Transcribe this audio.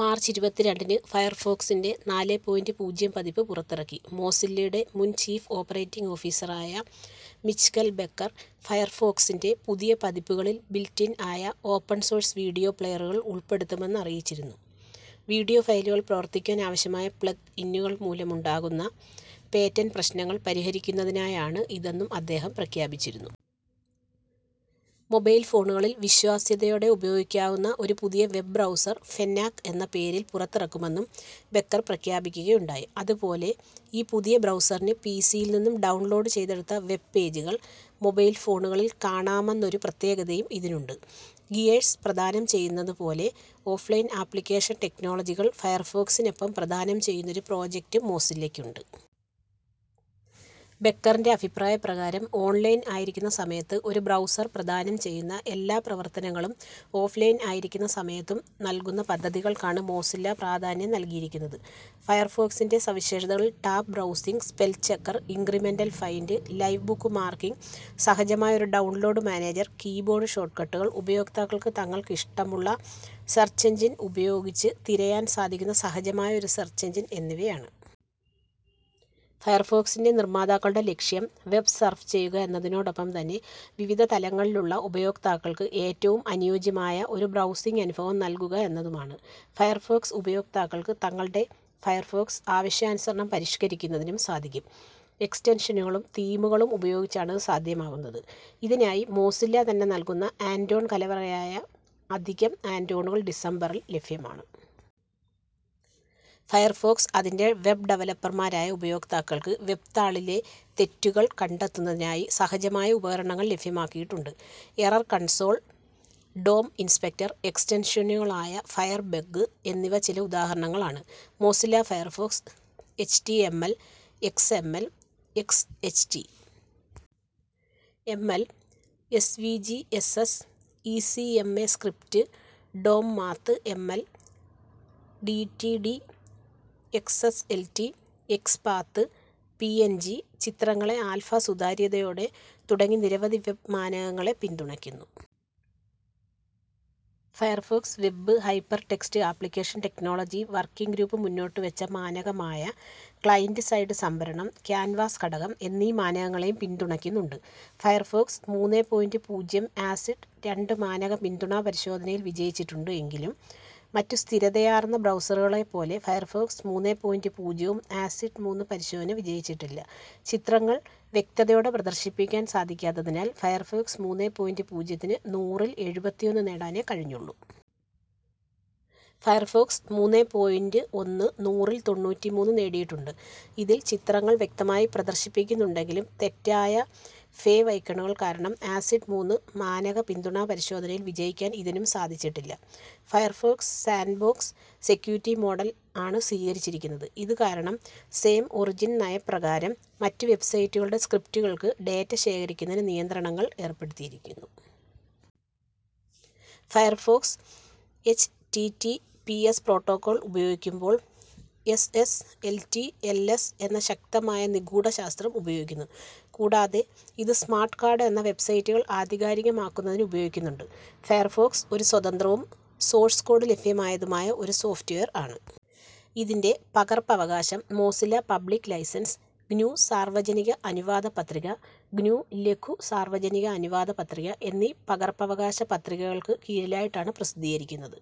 March ഇരുപത്തി രണ്ടിന് ഫയർഫോക്സിൻ്റെ നാലേ പോയിന്റ് പൂജ്യം പതിപ്പ് പുറത്തിറക്കി. മോസില്ലയുടെ മുൻ ചീഫ് ഓപ്പറേറ്റിംഗ് ഓഫീസർ ആയ മിച്ച്കെൽ ബെക്കർ, ഫയർഫോക്സിൻ്റെ പുതിയ പതിപ്പുകളിൽ ബിൽട്ട് ഇൻ ആയ ഓപ്പൺ സോഴ്സ് വീഡിയോ പ്ലേയറുകൾ ഉൾപ്പെടുത്തുമെന്ന് അറിയിച്ചിരുന്നു. വീഡിയോ ഫയലുകൾ പ്രവർത്തിക്കുവാൻ ആവശ്യമായ പ്ലഗ് ഇന്നുകൾ മൂലമുണ്ടകുന്ന പേറ്റന്റ് പ്രശ്നങ്ങൾ പരിഹരിക്കുന്നതിനായാണ് ഇതെന്നും അദ്ദേഹം പ്രഖ്യാപിച്ചിരുന്നു. മൊബൈൽ ഫോണുകളിൽ വിശ്വാസ്യതയോടെ ഉപയോഗിക്കാവുന്ന ഒരു പുതിയ വെബ്ബ് ബ്രൗസർ ഫെന്നാക് എന്ന പേരിൽ പുറത്തിറക്കുമെന്നും ബെക്കർ പ്രഖ്യാപിക്കുകയുണ്ടായി. അതുപോലെ ഈ പുതിയ ബ്രൗസറിന് പി സി യിൽ നിന്നും ഡൗൺലോഡ് ചെയ്തെടുത്ത വെബ്ബ് പേജുകൾ, മൊബൽഫോണുകളിൽ കാണാമെന്നൊരു പ്രത്യേകതയും ഇതിനുണ്ട്. ഗിയേർസ് പ്രദാനം ചെയ്യുന്നതു പോലെ ഓഫ്ലൈൻ ആപ്ലിക്കേഷൻ ടെക്നോളജികൾ ഫയർഫോക്സിനൊപ്പം പ്രദാനം ചെയ്യുന്നൊരു പ്രൊജക്ടും മോസില്ലക്കുണ്ട്. ബെക്കറിൻ്റെ അഭിപ്രായ പ്രകാരം ഓൺലൈൻ ആയിരിക്കുന്ന സമയത്ത് ഒരു ബ്രൗസർ പ്രദാനം ചെയ്യുന്ന എല്ലാ പ്രവർത്തനങ്ങളും ഓഫ്ലൈൻ ആയിരിക്കുന്ന സമയത്തും നൽകുന്ന പദ്ധതികൾക്കാണ് മോസില്ല പ്രാധാന്യം നൽകിയിരിക്കുന്നത്. ഫയർഫോക്സിൻ്റെ സവിശേഷതകളിൽ tab browsing, spell checker, incremental find, live bookmarking, സഹജമായ ഒരു ഡൗൺലോഡ് മാനേജർ, കീബോർഡ് ഷോട്ട്കട്ടുകൾ, ഉപയോക്താക്കൾക്ക് തങ്ങൾക്ക് ഇഷ്ടമുള്ള സെർച്ച് എഞ്ചിൻ ഉപയോഗിച്ച് തിരയാൻ സാധിക്കുന്ന സഹജമായ ഒരു സെർച്ച് എഞ്ചിൻ എന്നിവയാണ്. ഫയർഫോക്സിൻ്റെ നിർമ്മാതാക്കളുടെ ലക്ഷ്യം വെബ്ബ് സർഫ് ചെയ്യുക എന്നതിനോടൊപ്പം തന്നെ വിവിധ തലങ്ങളിലുള്ള ഉപയോക്താക്കൾക്ക് ഏറ്റവും അനുയോജ്യമായ ഒരു ബ്രൗസിങ്ങ് അനുഭവം നൽകുക എന്നതുമാണ്. ഫയർഫോക്സ് ഉപയോക്താക്കൾക്ക് തങ്ങളുടെ ഫയർഫോക്സ് ആവശ്യാനുസരണം പരിഷ്കരിക്കുന്നതിനും സാധിക്കും. എക്സ്റ്റൻഷനുകളും, തീമുകളും ഉപയോഗിച്ചാണിത് സാദ്ധ്യമാകുന്നത്. ഇതിനായി മോസില്ല തന്നെ നൽകുന്ന ആഡ് ഓൺ കലവറയായ അധികം ആഡ് ഓണുകൾ ഡിസംബറിൽ ലഭ്യമാണ്. ഫയർഫോക്സ് അതിന്റെ വെബ്ബ് ഡവലപ്പർമാരായ ഉപയോക്താക്കൾക്ക് വെബ്ബ് താളിലെ തെറ്റുകൾ കണ്ടെത്തുന്നതിനായി സഹജമായ ഉപകരണങ്ങൾ ലഭ്യമാക്കിയിട്ടുണ്ട്. എറർ കൺസോൾ, ഡോം ഇൻസ്പെക്ടർ എക്സ്റ്റൻഷനുകളായ ഫയർബഗ്ഗ് എന്നിവ ചില ഉദാഹരണങ്ങളാണ്. Mozilla Firefox H T M L, X M. L., X. H. T. M. L S. V. G. S. S., E. C. M. A script, DOM, math. M. L., D T D, X S L T, XPath, P N G ചിത്രങ്ങളെ alpha സുതാര്യതയോടെ. തുടങ്ങി നിരവധി web മാനകങ്ങളെ പിന്തുണക്കുന്നു. Firefox web hypertext application technology working group മുന്നോട്ടു വെച്ച മാനകമായ client side സംഭരണം, canvas ഘടകം എന്നീ മാനകങ്ങളെയും പിന്തുണക്കുന്നുണ്ട്. ഫയർഫോക്സ് മൂന്നേ പോയിന്റ് പൂജ്യം ആസിഡ് രണ്ട് മാനക പിന്തുണാപരിശോധനയിൽ വിജയിച്ചിട്ടുണ്ട്. എങ്കിലും, മറ്റു സ്ഥിരതയാർന്ന ബ്രൗസറുകളെപ്പോലെ ഫയർഫോക്സ് മൂന്നേ പോയിന്റ് പൂജ്യവും ആസിഡ് മൂന്ന് പരിശോധന വിജയിച്ചിട്ടില്ല; ചിത്രങ്ങൾ വ്യക്തതയോടെ പ്രദർശിപ്പിക്കാൻ സാധിക്കാത്തതിനാൽ ഫയർഫോക്സ് മൂന്നേ പോയിന്റ് പൂജ്യത്തിന് നൂറിൽ എഴുപത്തി ഒന്ന് നേടാനേ കഴിഞ്ഞുള്ളൂ. ഫയർഫോക്സ് മൂന്നേ പോയിന്റ് ഒന്ന് നൂറിൽ തൊണ്ണൂറ്റി മൂന്ന് നേടിയിട്ടുണ്ട്. ഇതിൽ ചിത്രങ്ങൾ വ്യക്തമായി പ്രദർശിപ്പിക്കുന്നുണ്ടെങ്കിലും തെറ്റായ ഫേവൈക്കണുകൾ കാരണം ആസിഡ് മൂന്ന് മാനക പിന്തുണാപരിശോധനയിൽ വിജയിക്കാൻ ഇതിനും സാധിച്ചിട്ടില്ല. ഫയർഫോക്സ് സാന്റ്ബോക്സ് സെക്യൂരിറ്റി മോഡൽ ആണു സ്വീകരിച്ചിരിക്കുന്നത്, ഇതു കാരണം സേം ഒറിജിൻ നയപ്രകാരം മറ്റു വെബ്ബ്സൈറ്റുകളുടെ സ്ക്രിപ്റ്റുകൾക്ക് ഡേറ്റ ശേഖരിക്കുന്നതിനു നിയന്ത്രണങ്ങൾ ഏർപ്പെടുത്തിരിക്കുന്നു. Firefox, H T T P S protocol ഉപയോഗിക്കുമ്പോൾ S S L T L S എന്ന ശക്തമായ നിഗൂഡശാസ്ത്രം ഉപയോഗിക്കുന്നു. കൂടാതെ ഇത് സ്മാർട്ട് കാർഡ് എന്ന വെബ്സൈറ്റുകൾ ആധികാരികമാക്കുന്നതിന് ഉപയോഗിക്കുന്നുണ്ട്. ഫയർഫോക്സ് ഒരു സ്വതന്ത്രവും, സോഴ്സ് കോഡ് ലഭ്യമായതുമായ ഒരു സോഫ്റ്റ് വെയർ ആണ്. ഇതിൻ്റെ പകർപ്പവകാശം മോസില്ല പബ്ലിക്ക് ലൈസൻസ്, ഗ്നു സാർവ്വജനിക അനുവാദ പത്രിക, ഗ്നു ലഘു സാർവ്വജനിക അനുവാദ പത്രിക എന്നീ പകർപ്പവകാശ പത്രികകൾക്കു കീഴിലായിട്ടാണ് പ്രസിദ്ധീകരിക്കുന്നത്.